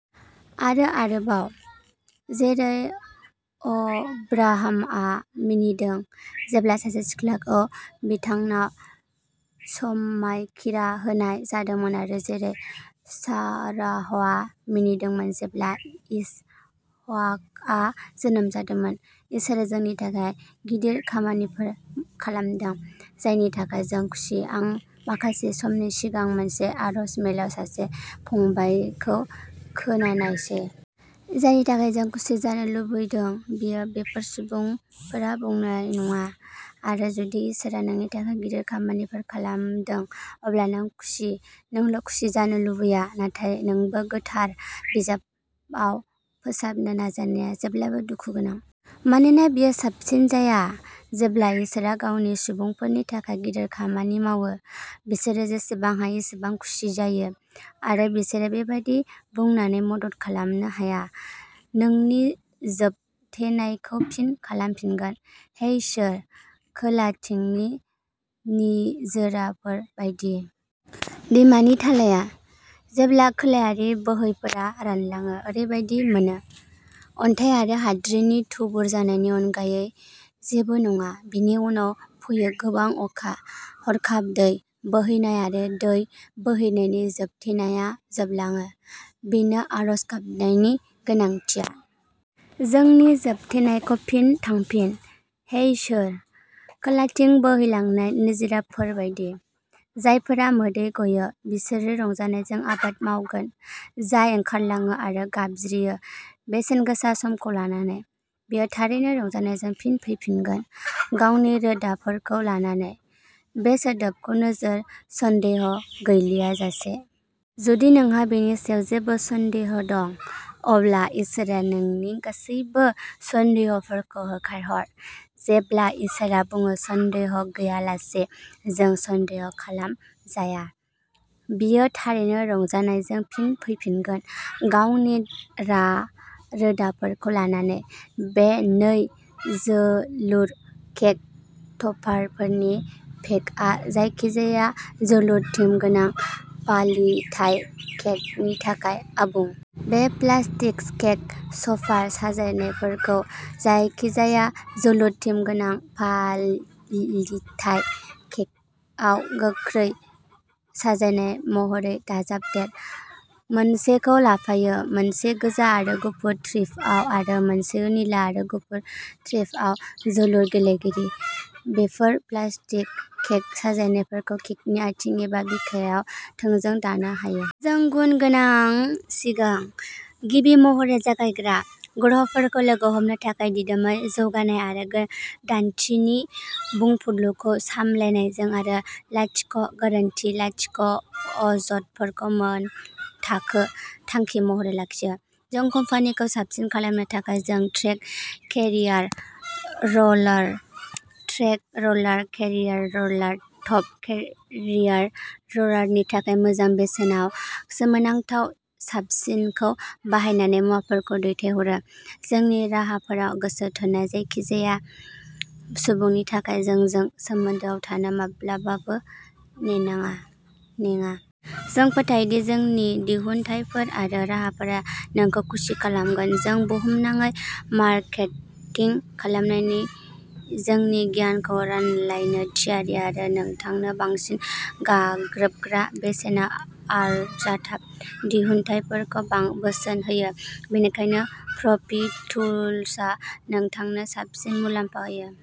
आरो आरोबाव, जेरै अब्राहामआ मिनिदों जेब्ला सासे फिसाज्लाखौ बिथांनाव समायखिरा होनाय जादोंमोन आरो जेरै साराहआ मिनिदोंमोन जेब्ला इसहाकआ जोनोम जादोंमोन। इसोरआ जोंनि थाखाय गिदिर खामानिफोर खालामदों। जायनि थाखाय जों खुसि। आं माखासे समनि सिगां मोनसे आरज मेलाव सासे फंबायखौ खोनानायसै। जायनि थाखाय जों खुसि जानो लुबैदों। बेयो बेफोर सुबुंफोरा बुंनाय नङा आरो जुदि इसोरआ नोंनि थाखाय गिदिर खामानिफोर खालामदों। अब्ला नों खुसि, नोंल' खुसि जानो लुबैया, नाथाय नोंबो गोथार बिजाबाव फोसाबनो नाजानाया जेब्लाबो दुखु गोनां। मानोना बेयो साबसिन जाया। जेब्ला इसोरआ गावनि सुबुंफोरनि थाखाय गिदिर खामानि मावो, बिसोर जेसेबां हायो एसेबां खुसि जायो। आरो बिसोर बेबादि बुंनानै मदद खालामनो हाया। नोंनि जोबथेनायखौ फिन खालामफिनगोन । हे इसोर, खोलाथिंनि निजोराफोर बायदि। दैमानि थालाया, जेब्ला खोलायारि बोहैफोरा रानलाङो, ओरैबादि मोनो। अन्थाय आरो हाद्रिनि थुबुर जानायनि अनगायै जेबो नङा। बेनि उनाव फैयो गोबां अखा, हरखाब दै बोहैनाय आरो दै बोहैनायनि जोबथेनाया जोबलाङो। बेनो आरज गाबनायनि ओंथिया। जोंनि जोबथेनायखौ फिन थांफिन, हे इसोर, खोलाथिं बोहैलांनाय निजोराफोर बायदि। जायफोरा मोदै गयो बिसोरो रंजानायजों आबाद मावगोन। जाय ओंखारलाङो आरो गाबज्रियो बेसेनगोसा समखौ लानानै, बियो थारैनो रंजानायजों फिन फैगोन। गावनि रोदाफोरखौ लानानै। बे सोदोबखौ नोजोर होसन्देह' गैयालासे। जुदि नोंहा बेनि सायाव जेबो सन्देह दं, अब्ला इसोरआ नोंनि गासैबो सन्देहफोरखौ होखारहर। जेब्ला इसोरआ बुङो, सन्देह गैयालासे जों सन्देह खालामजाया। बियो थारैनो रंजानायजों फिन फैफिनगोन, गावनि रोदाफोरखौ लानानै। बे नै, जोलुर केक टपारफोरनि पेकआ जायखिजाया जोलुर थिम गोनां फालिथाय केकनि थाखाय आबुं। बे प्लास्टिक केक टपार साजायनायफोरखौ जायखिजाया जोलुर थिम गोनां फालिथाय केकआव गोख्रै साजायनाय महरै दाजाबदेर। मोनसेखौ लाफायो। मोनसे गोजा आरो गुफुर स्ट्रिपआव आरो मोनसे निला आरो गुफुर स्ट्रिपआव जोलुर गेलेगिरि। बेफोर प्लास्टिक केक साजायनायफोरखौ केकनि आइथिं एबा बिखंआव थोंजों दोननो हायो। जों गुन गोनां सिगां, गिबि महरै जगायग्रा, ग्राहकफोरखौ लोगो हमनो थाखाय दिदोमै जौगानाय आरो गोदानथि नि बुंफुरलुखौ सामलायनायजों आरो लाथिख' गोरोन्थि लाथिख'अजदफोरखौ मानथाखो थांखि महरै लाखियो। जोंनि कम्पानिखौ साबसिन खालामनो थाखाय, जों track carrier roller, track roller carrier roller, top carrier र'लारनि थाखाय मोजां बेसेनाव सोमोनांथाव साबसिनखौ बाहायनानै मुवाफोरखौ दैथायहरो, जोंनि राहाफोराव गोसो थानाय जायखिजाया सुबुंनि थाखाय जोंजों सोमोन्दोआव थानो माब्लाबाबो नेनाङा नेङा। जों फोथायो दि जोंनि दिहुनथायफोर आरो राहाफोरा नोंखौ खुसि खालामगोन। जों बुहुमनाङै मारकेटिं खालामनायनि जोंनि गियानखौ रानलायनो थियारि आरो नोंथांनो बांसिन गाग्लोबग्रा बेसेनाव आरजाथाव दिहुनथायफोरखौ बोसोन होयो। बेनिखायनो प्र'फि टुलसआ नोंथांनो साबसिन मुलाम्फा होयो।